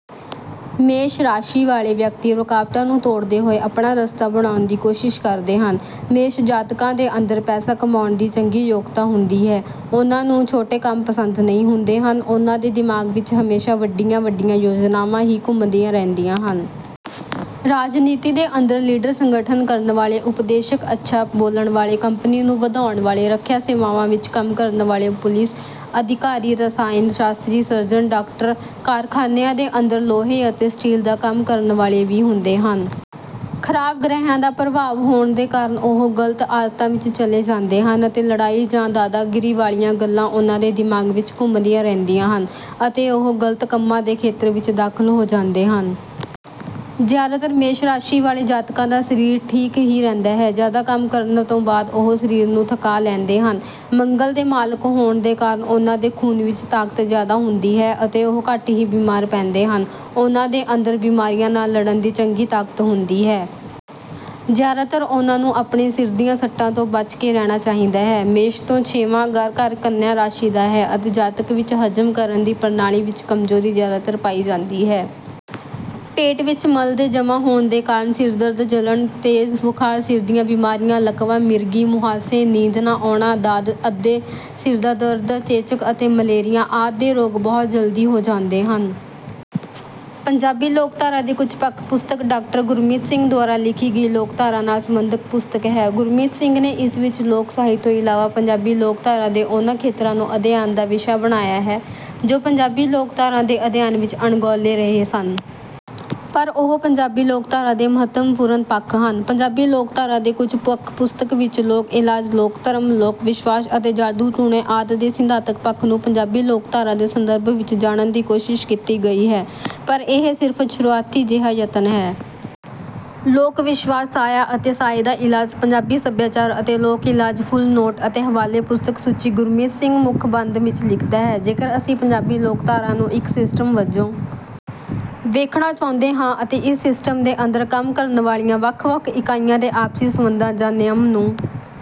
ਮੇਸ਼ ਰਾਸ਼ੀ ਵਾਲੇ ਵਿਅਕਤੀ ਰੁਕਾਵਟਾਂ ਨੂੰ ਤੋੜਦੇ ਹੋਏ ਆਪਣਾ ਰਸਤਾ ਬਣਾਉਣ ਦੀ ਕੋਸ਼ਿਸ਼ ਕਰਦੇ ਹਨ। ਮੇਸ਼ ਜਾਤਕਾਂ ਦੇ ਅੰਦਰ ਪੈਸਾ ਕਮਾਉਣ ਦੀ ਚੰਗੀ ਯੋਗਤਾ ਹੁੰਦੀ ਹੈ ਉਨ੍ਹਾਂ ਨੂੰ ਛੋਟੇ ਕੰਮ ਪਸੰਦ ਨਹੀਂ ਹੁੰਦੇ ਹਨ ਉਨ੍ਹਾਂ ਦੇ ਦਿਮਾਗ ਵਿੱਚ ਹਮੇਸ਼ਾ ਵੱਡੀਆਂ ਵੱਡੀਆਂ ਯੋਜਨਾਵਾਂ ਹੀ ਘੁੰਮਦੀਆਂ ਰਹਿੰਦੀਆਂ ਹਨ। ਰਾਜਨੀਤੀ ਦੇ ਅੰਦਰ ਲੀਡਰ ਸੰਗਠਨ ਕਰਨ ਵਾਲੇ ਉਪਦੇਸ਼ਕ ਅੱਛਾ ਬੋਲਣ ਵਾਲੇ ਕੰਪਨੀ ਨੂੰ ਵਧਾਉਣ ਵਾਲੇ ਰੱਖਿਆ ਸੇਵਾਵਾਂ ਵਿੱਚ ਕੰਮ ਕਰਨ ਵਾਲੇ ਪੁਲਿਸ ਅਧਿਕਾਰੀ ਰਸਾਇਨ ਸ਼ਾਸਤਰੀ ਸਰਜਨ ਡਾਕਟਰ ਕਾਰਖਾਨਿਆਂ ਦੇ ਅੰਦਰ ਲੋਹੇ ਅਤੇ ਸਟੀਲ ਦਾ ਕੰਮ ਕਰਨ ਵਾਲੇ ਵੀ ਹੁੰਦੇ ਹਨ। ਖਰਾਬ ਗ੍ਰਹਿਆਂ ਦਾ ਪ੍ਰਭਾਵ ਹੋਣ ਦੇ ਕਾਰਨ ਉਹ ਗਲਤ ਆਦਤਾਂ ਵਿੱਚ ਚਲੇ ਜਾਂਦੇ ਹਨ ਅਤੇ ਲੜਾਈ ਜਾਂ ਦਾਦਾਗੀਰੀ ਵਾਲੀਆਂ ਗੱਲਾਂ ਉਨ੍ਹਾਂ ਦੇ ਦਿਮਾਗ ਵਿੱਚ ਘੁੰਮਦੀਆਂ ਰਹਿੰਦੀਆਂ ਹਨ ਅਤੇ ਉਹ ਗਲਤ ਕੰਮਾਂ ਦੇ ਖੇਤਰ ਵਿੱਚ ਦਾਖਲ ਹੋ ਜਾਂਦੇ ਹਨ। ਜਿਆਦਾਤਰ ਮੇਸ਼ ਰਾਸ਼ੀ ਵਾਲੇ ਜਾਤਕਾਂ ਦਾ ਸਰੀਰ ਠੀਕ ਹੀ ਰਹਿੰਦਾ ਹੈ ਜਿਆਦਾ ਕੰਮ ਕਰਨ ਤੋਂ ਬਾਅਦ ਉਹ ਸਰੀਰ ਨੂੰ ਥੱਕਾ ਲੈਂਦੇ ਹਨ। ਮੰਗਲ ਦੇ ਮਾਲਕ ਹੋਣ ਦੇ ਕਾਰਨ ਉਨ੍ਹਾਂ ਦੇ ਖੂਨ ਵਿੱਚ ਤਾਕਤ ਜਿਆਦਾ ਹੁੰਦੀ ਹੈ ਅਤੇ ਉਹ ਘੱਟ ਹੀ ਬੀਮਾਰ ਪੈਂਦੇ ਹਨ ਉਨ੍ਹਾਂ ਦੇ ਅੰਦਰ ਬਿਮਾਰੀਆਂ ਨਾਲ ਲੜਨ ਦੀ ਚੰਗੀ ਤਾਕਤ ਹੁੰਦੀ ਹੈ। ਜਿਆਦਾਤਰ ਉਨ੍ਹਾਂ ਨੂੰ ਆਪਣੇ ਸਿਰ ਦੀਆਂ ਸੱਟਾਂ ਤੋਂ ਬਚ ਕੇ ਰਹਿਣਾ ਚਾਹੀਦਾ ਹੈ। ਮੇਸ਼ ਤੋਂ ਛੇਵਾਂ ਘਰ ਕੰਨਿਆ ਰਾਸ਼ੀ ਦਾ ਹੈ ਅਤੇ ਜਾਤਕ ਵਿੱਚ ਹਜ਼ਮ ਕਰਨ ਦੀ ਪ੍ਰਣਾਲੀ ਵਿੱਚ ਕਮਜ਼ੋਰੀ ਜਿਆਦਾਤਰ ਪਾਈ ਜਾਂਦੀ ਹੈ। ਪੇਟ ਵਿੱਚ ਮਲ ਦੇ ਜਮ੍ਹਾਂ ਹੋਣ ਦੇ ਕਾਰਨ ਸਿਰਦਰਦ ਜਲਨ ਤੇਜ਼ ਬੁਖਾਰ ਸਿਰ ਦੀਆਂ ਬੀਮਾਰੀਆਂ ਲਕਵਾ ਮਿਰਗੀ ਮੁਹਾਸੇ ਨੀਂਦ ਨਾ ਆਉਣਾ ਦਾਦ ਅੱਧੇ ਸਿਰ ਦਾ ਦਰਦ ਚੇਚਕ ਅਤੇ ਮਲੇਰੀਆ ਆਦਿ ਦੇ ਰੋਗ ਬਹੁਤ ਜਲਦੀ ਹੋ ਜਾਂਦੇ ਹਨ। ਪੰਜਾਬੀ ਲੋਕਧਾਰਾ ਦੇ ਕੁਝ ਪੱਖ ਪੁਸਤਕ ਡਾਕਟਰ ਗੁਰਮੀਤ ਸਿੰਘ ਦੁਆਰਾ ਲਿਖੀ ਗਈ ਲੋਕਧਾਰਾ ਨਾਲ ਸਬੰਧਿਤ ਪੁਸਤਕ ਹੈ। ਗੁਰਮੀਤ ਸਿੰਘ ਨੇ ਇਸ ਵਿੱਚ ਲੋਕ ਸਾਹਿਤ ਤੋਂ ਇਲਾਵਾ ਪੰਜਾਬੀ ਲੋਕਧਾਰਾ ਦੇ ਉਨ੍ਹਾਂ ਖੇਤਰਾਂ ਨੂੰ ਅਧਿਐਨ ਦਾ ਵਿਸ਼ਾ ਬਣਾਇਆ ਹੈ ਜੋ ਪੰਜਾਬੀ ਲੋਕਧਾਰਾ ਦੇ ਅਧਿਐਨ ਵਿੱਚ ਅਣਗੌਲੇ ਰਹੇ ਸਨ। ਪਰ ਉਹ ਪੰਜਾਬੀ ਲੋਕਧਾਰਾ ਦੇ ਮਹੱਤਵਪੂਰਨ ਪੱਖ ਹਨ। ਪੰਜਾਬੀ ਲੋਕਧਾਰਾ ਦੇ ਕੁਝ ਪੱਖ ਪੁਸਤਕ ਵਿੱਚ ਲੋਕ ਇਲਾਜ ਲੋਕ ਧਰਮ ਲੋਕ ਵਿਸ਼ਵਾਸ ਅਤੇ ਜਾਦੂ ਟੂਣੇ ਆਦਿ ਦੇ ਸਿਧਾਂਤਕ ਪੱਖ ਨੂੰ ਪੰਜਾਬੀ ਲੋਕਧਾਰਾ ਦੇ ਸੰਦਰਭ ਵਿੱਚ ਜਾਣਨ ਦੀ ਕੋਸ਼ਿਸ਼ ਕੀਤੀ ਗਈ ਹੈ ਪਰ ਇਹ ਸਿਰਫ ਸ਼ੁਰੂਆਤੀ ਜਿਹਾ ਯਤਨ ਹੈ। ਲੋਕ ਵਿਸ਼ਵਾਸ ਸਾਇਆ ਅਤੇ ਸਾਏ ਦਾ ਇਲਾਜ ਪੰਜਾਬੀ ਸਭਿਆਚਾਰ ਅਤੇ ਲੋਕ ਇਲਾਜ ਫੁੱਟ ਨੋਟ ਅਤੇ ਹਵਾਲੇ ਪੁਸਤਕ ਸੂਚੀ ਗੁਰਮੀਤ ਸਿੰਘ ਮੁੱਖ ਬੰਦ ਵਿੱਚ ਲਿਖਦਾ ਹੈ ਜੇਕਰ ਅਸੀਂ ਪੰਜਾਬੀ ਲੋਕਧਾਰਾ ਨੂੰ ਇੱਕ ਸਿਸਟਮ ਵਜੋਂ ਵੇਖਣਾ ਚਾਹੁੰਦੇ ਹਾਂ ਅਤੇ ਇਸ ਸਿਸਟਮ ਦੇ ਅੰਦਰ ਕੰਮ ਕਰਨ ਵਾਲੀਆਂ ਵੱਖ ਵੱਖ ਇਕਾਈਆਂ ਦੇ ਆਪਸੀ ਸਬੰਧਾਂ ਜਾਂ ਨਿਯਮ ਨੂੰ